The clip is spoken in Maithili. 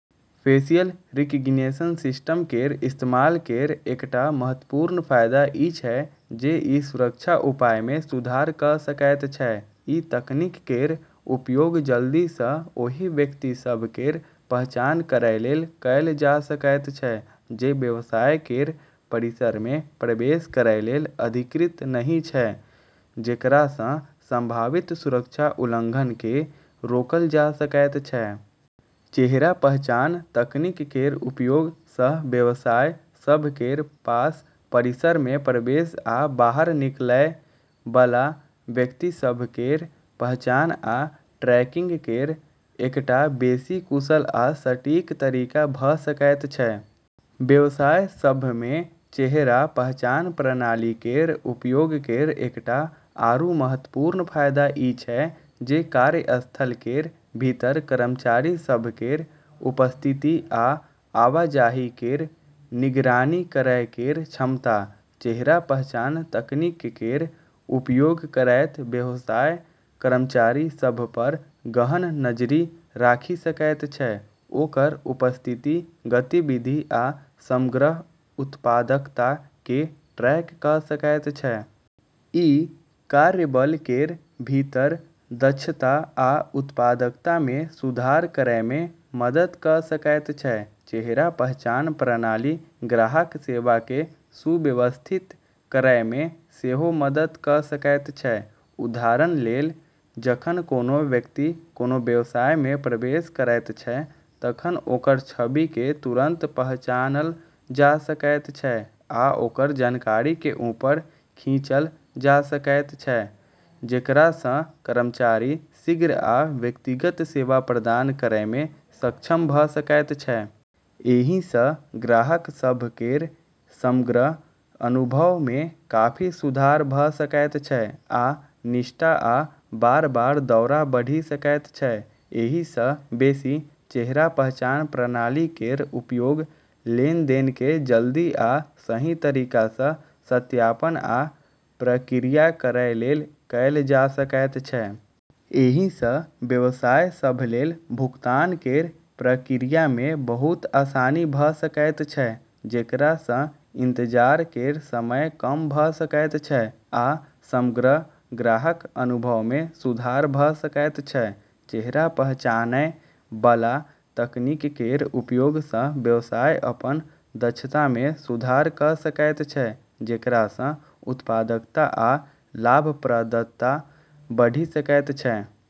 फेशियल रिकग्निशन सिस्टम केर इस्तेमाल केर एकटा महत्वपूर्ण फायदा ई छै जे ई सुरक्षा उपाय मे सुधार कऽ सकैत छै। ई तकनीक केर उपयोग जल्दी सँ ओहि व्यक्ति सभ केर पहचान करै लेल कएल जा सकैत छै जे व्यवसाय केर परिसर मे प्रवेश करै लेल अधिकृत नहि छै, जेकरा सँ संभावित सुरक्षा उल्लंघन केँ रोकल जा सकैत छै। चेहरा पहचान तकनीक केर उपयोग सँ व्यवसाय सभ केर पास परिसर मे प्रवेश आ बाहर निकलै बला व्यक्ति सभ केर पहचान आ ट्रैकिंग केर एकटा बेसी कुशल आ सटीक तरीका भऽ सकैत छै। व्यवसाय सभ मे चेहरा पहचान प्रणाली केर उपयोग केर एकटा आरू महत्वपूर्ण फायदा ई छै जे कार्यस्थल केर भीतर कर्मचारी सभ केर उपस्थिति आ आवाजाही केर निगरानी करै केर क्षमता। चेहरा पहचान तकनीक केर उपयोग करैत, व्यवसाय कर्मचारी सभ पर गहन नजरि राखि सकैत छै, ओकर उपस्थिति, गतिविधि आ समग्र उत्पादकता केँ ट्रैक कऽ सकैत छै। ई कार्यबल केर भीतर दक्षता आ उत्पादकता मे सुधार करै मे मदद कऽ सकैत छै। चेहरा पहचान प्रणाली ग्राहक सेवा केँ सुव्यवस्थित करै मे सेहो मदद कऽ सकैत छै। उदाहरण लेल, जखन कोनो व्यक्ति कोनो व्यवसाय मे प्रवेश करैत छै, तखन ओकर छवि केँ तुरंत पहचानल जा सकैत छै आ ओकर जानकारी केँ ऊपर खींचल जा सकैत छै, जेकरा सँ कर्मचारी शीघ्र आ व्यक्तिगत सेवा प्रदान करै मे सक्षम भऽ सकैत छै। एहि सँ ग्राहक सभ केर समग्र अनुभव मे काफी सुधार भऽ सकैत छै आ निष्ठा आ बार-बार दौरा बढ़ि सकैत छै। एहि सँ बेसी, चेहरा पहचान प्रणाली केर उपयोग लेनदेन केँ जल्दी आ सही तरीका सँ सत्यापन आ प्रक्रिया करै लेल कएल जा सकैत छै। एहि सँ व्यवसाय सभ लेल भुगतान केर प्रक्रिया मे बहुत आसानी भऽ सकैत छै, जेकरा सँ इंतजार केर समय कम भऽ सकैत छै आ समग्र ग्राहक अनुभव मे सुधार भऽ सकैत छै। चेहरा पहचानै बला तकनीक केर उपयोग सँ व्यवसाय अपन दक्षता मे सुधार कऽ सकैत छै, जेकरा सँ उत्पादकता आ लाभप्रदता बढ़ि सकैत छै।